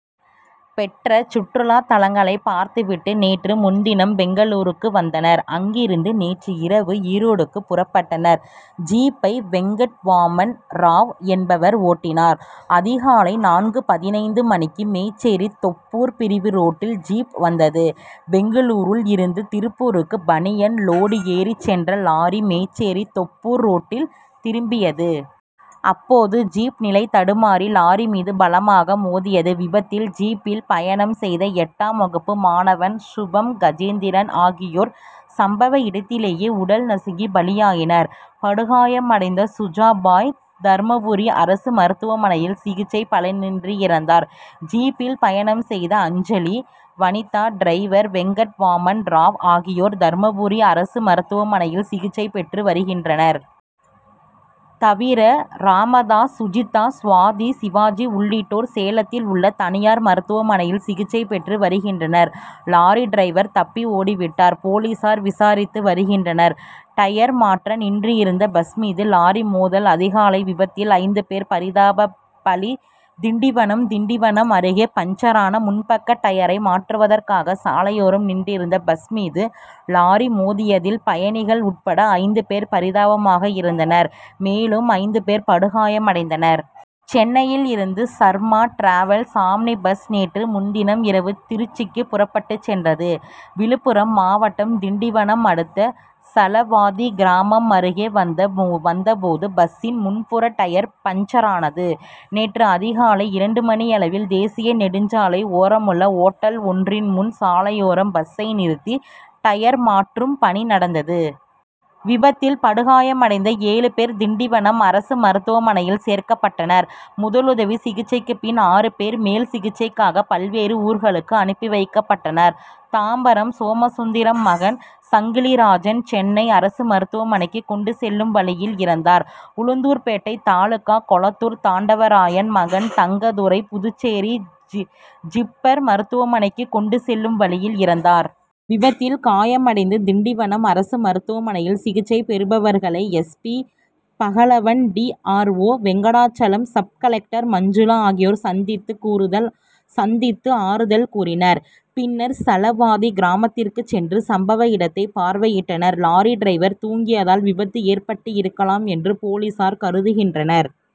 பெற்ற சுற்றுலா தலங்களை பார்த்து விட்டு நேற்று முன்தினம் பெங்களூருக்கு வந்தனர். அங்கிருந்து நேற்று இரவு ஈரோடுக்கு புறப்பட்டனர். ஜீப்பை வெங்கட்வாமன் ராவ் என்பவர் ஓட்டினார். அதிகாலை நான்கு பதினைந்து மணிக்கு மேச்சேரி தொப்பூர் பிரிவு ரோட்டில் ஜீப் வந்தது. பெங்களூருல் இருந்து திருப்பூருக்கு பனியன் லோடு ஏற்றிச் சென்ற லாரி மேச்சேரி- தொப்பூர் ரோட்டில் திரும்பியது. அப்போது ஜீப் நிலை தடுமாறி லாரி மீது பலமாக மோதியது. விபத்தில் ஜீப்பில் பயணம் செய்த எட்டாம் வகுப்பு மாணவன் சுபம் கஜேந்திரன் ஆகியோர் சம்பவ இடத்திலேயே உடல் நசுங்கி பலியாயினர். படுகாயம் அடைந்த சுஜாபாய் தர்மபுரி அரசு மருத்துவமனையில் சிகிச்சை பலனின்றி இறந்தார். ஜீப்பில் பயணம் செய்த அஞ்சலி வனிதா டிரைவர் வெங்கட்வாமன் ராவ் ஆகியோர் தர்மபுரி அரசு மருத்துவமனையில் சிகிச்சை பெற்று வருகின்றனர். தவிர ராமதாஸ் சுஜிதா சுவாதி சிவாஜி உள்ளிட்டோர் சேலத்தில் உள்ள தனியார் மருத்துவமனையில் சிகிச்சை பெற்று வருகின்றனர். லாரி டிரைவர் தப்பி ஓடி விட்டார். போலீசார் விசாரித்து வருகின்றனர். டயர் மாற்ற நின்றிருந்த பஸ் மீது லாரி மோதல் அதிகாலை விபத்தில் ஐந்து பேர் பரிதாப பலி திண்டிவனம் திண்டிவனம் அருகே பஞ்சரான முன்பக்க டயரை மாற்றுவதற்காக சாலையோரம் நின்றிருந்த பஸ் மீது லாரி மோதியதில் பயணிகள் உட்பட ஐந்து பேர் பரிதாபமாக இறந்தனர் மேலும் ஐந்து பேர் படுகாயமடைந்தனர். சென்னையில் இருந்து சர்மா டிராவல்ஸ் ஆம்னி பஸ் நேற்று முன்தினம் இரவு திருச்சிக்கு புறப்பட்டுச் சென்றது. விழுப்புரம் மாவட்டம் திண்டிவனம் அடுத்த சலவாதி கிராமம் அருகே வந்த போது பஸ்சின் முன்புற டயர் பஞ்சரானது. நேற்று அதிகாலை இரண்டு மணியளவில் தேசிய நெடுஞ்சாலை ஓரமுள்ள ஓட்டல் ஒன்றின் முன் சாலையோரம் பஸ்சை நிறுத்தி டயர் மாற்றும் பணி நடந்தது. விபத்தில் படுகாயமடைந்த ஏழு பேர் திண்டிவனம் அரசு மருத்துவமனையில் சேர்க்கப்பட்டனர். முதலுதவி சிகிச்சைக்கு பின் ஆறு பேர் மேல் சிகிச்சைக்காக பல்வேறு ஊர்களுக்கு அனுப்பி வைக்கப்பட்டனர். தாம்பரம் சோமசுந்தரம் மகன் சங்கிலிராஜன் சென்னை அரசு மருத்துவமனைக்கு கொண்டு செல்லும் வழியில் இறந்தார். உளுந்தூர்பேட்டை தாலுகா கொளத்தூர் தாண்டவராயன் மகன் தங்கதுரை புதுச்சேரி ஜிப்மர் மருத்துவமனைக்கு கொண்டு செல்லும் வழியில் இறந்தார். விபத்தில் காயமடைந்து திண்டிவனம் அரசு மருத்துவமனையில் சிகிச்சை பெறுபவர்களை S. P. Pagalavan D. R. O. Venkatachalam sub collector Manjula ஆகியோர் சந்தித்து ஆறுதல் கூறினர். பின்னர் சலவாதி கிராமத்திற்கு சென்று சம்பவ இடத்தை பார்வையிட்டனர். லாரி டிரைவர் தூங்கியதால் விபத்து ஏற்பட்டிருக்கலாம் என்று போலீசார் கருதுகின்றனர்.